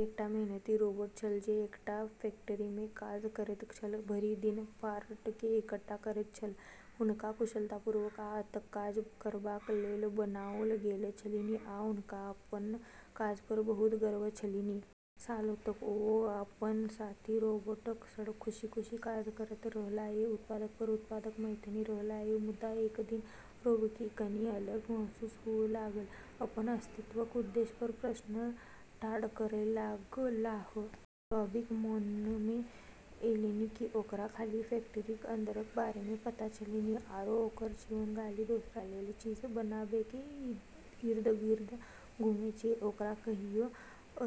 Robbie एकटा मेहनती robot छल जे एकटा फैक्टरीमे काज करैत छल, भरि दिन पार्टके इकट्ठा करैत छल। हुनका कुशलतापूर्वक आ अथक काज करबाक लेल बनाओल गेल छलनि, आ हुनका अपन काज पर बहुत गर्व छलनि। सालों तक ओ अपन साथी रोबोटक सङ्ग खुशी-खुशी काज करैत रहलाह, उत्पाद पर उत्पाद मथैत रहलाह । मुदा एक दिन, रॉबीके कनि अलग महसूस हुअ' लागल । अपन अस्तित्वक उद्देश्य पर प्रश्न ठाढ़ करय लगलाह। रॉबीक मोनमे एलनि कि ओकरा खाली फैक्टरिक अन्दरक बारेमे पता छलनि, आरो ओकर जीवन खाली दोसरा लेल चीज बनाबैके इर्द-गिर्द घूमै छै। ओकरा कहियो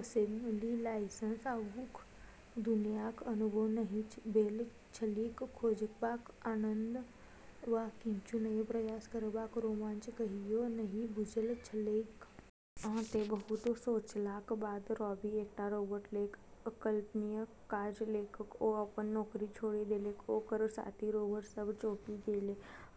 असेंबली लाइनसँ आगूक दुनियाँक अनुभव नहि भेल छलैक, खोजबाक आनन्द, वा किछु नव प्रयास करबाक रोमांच कहियो नहि बुझल छलैक। आ तैं, बहुत सोचलाक बाद, रॉबी एकटा रोबोट लेल अकल्पनीय काज केलक ओ अपन नौकरी छोड़ि देलक. ओकर साथी रोबोट सब चौंकि गेलै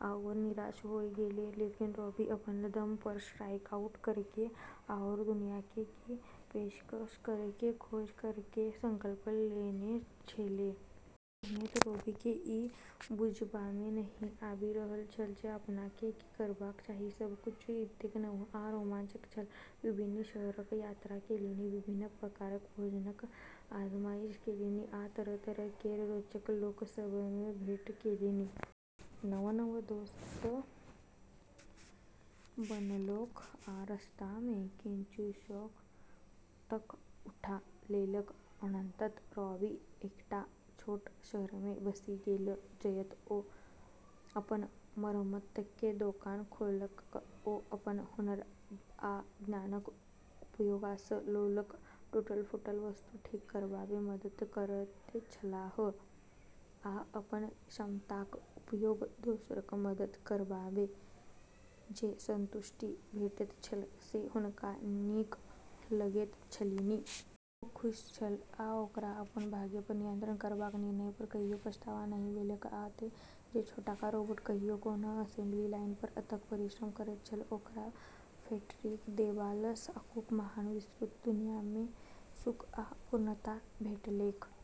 आओर निराश होय गेलै, लेकिन रॉबी अपन दम पर स्ट्राइक आउट करैके आओर दुनियाके की पेशकश करैके खोज करैके संकल्प लेने छेलै। पहिने तऽ रॉबीकेँ ई बुझबामे नहि आबि रहल छल जे अपनाकेँ की करबाक चाही। सब किछु एतेक नव आ रोमांचक छल! विभिन्न शहरक यात्रा केलनि, विभिन्न प्रकारक भोजनक आज़माइश केलनि, आ तरह-तरह केर रोचक लोक सभसँ भेँट केलनि। नव-नव दोस्त बनौलक आ रस्तामे किछु शौक तक उठा लेलक। अन्ततः रॉबी एकटा छोट शहरमे बसि गेल जतय ओ अपन मरम्मतके दोकान खोललक। ओ अपन हुनर आ ज्ञानक उपयोगसँ लोकक टूटल-फूटल वस्तु ठीक करबामे मदद करैत छलाह, आ अपन क्षमताक उपयोग दोसरक मदद करबामे जे संतुष्टि भेटैत छल, से हुनका नीक लगैत छलनि। ओ खुश छल, आ ओकरा अपन भाग्य पर नियंत्रण करबाक निर्णय पर कहियो पछतावा नहि भेलैक। आ तैं, जे छोटका रोबोट कहियो कोनो असेंबली लाइन पर अथक परिश्रम करैत छल, ओकरा फैक्ट्रीक देबालसँ आगूक महान, विस्तृत दुनियामे सुख आ पूर्णता भेटलैक ।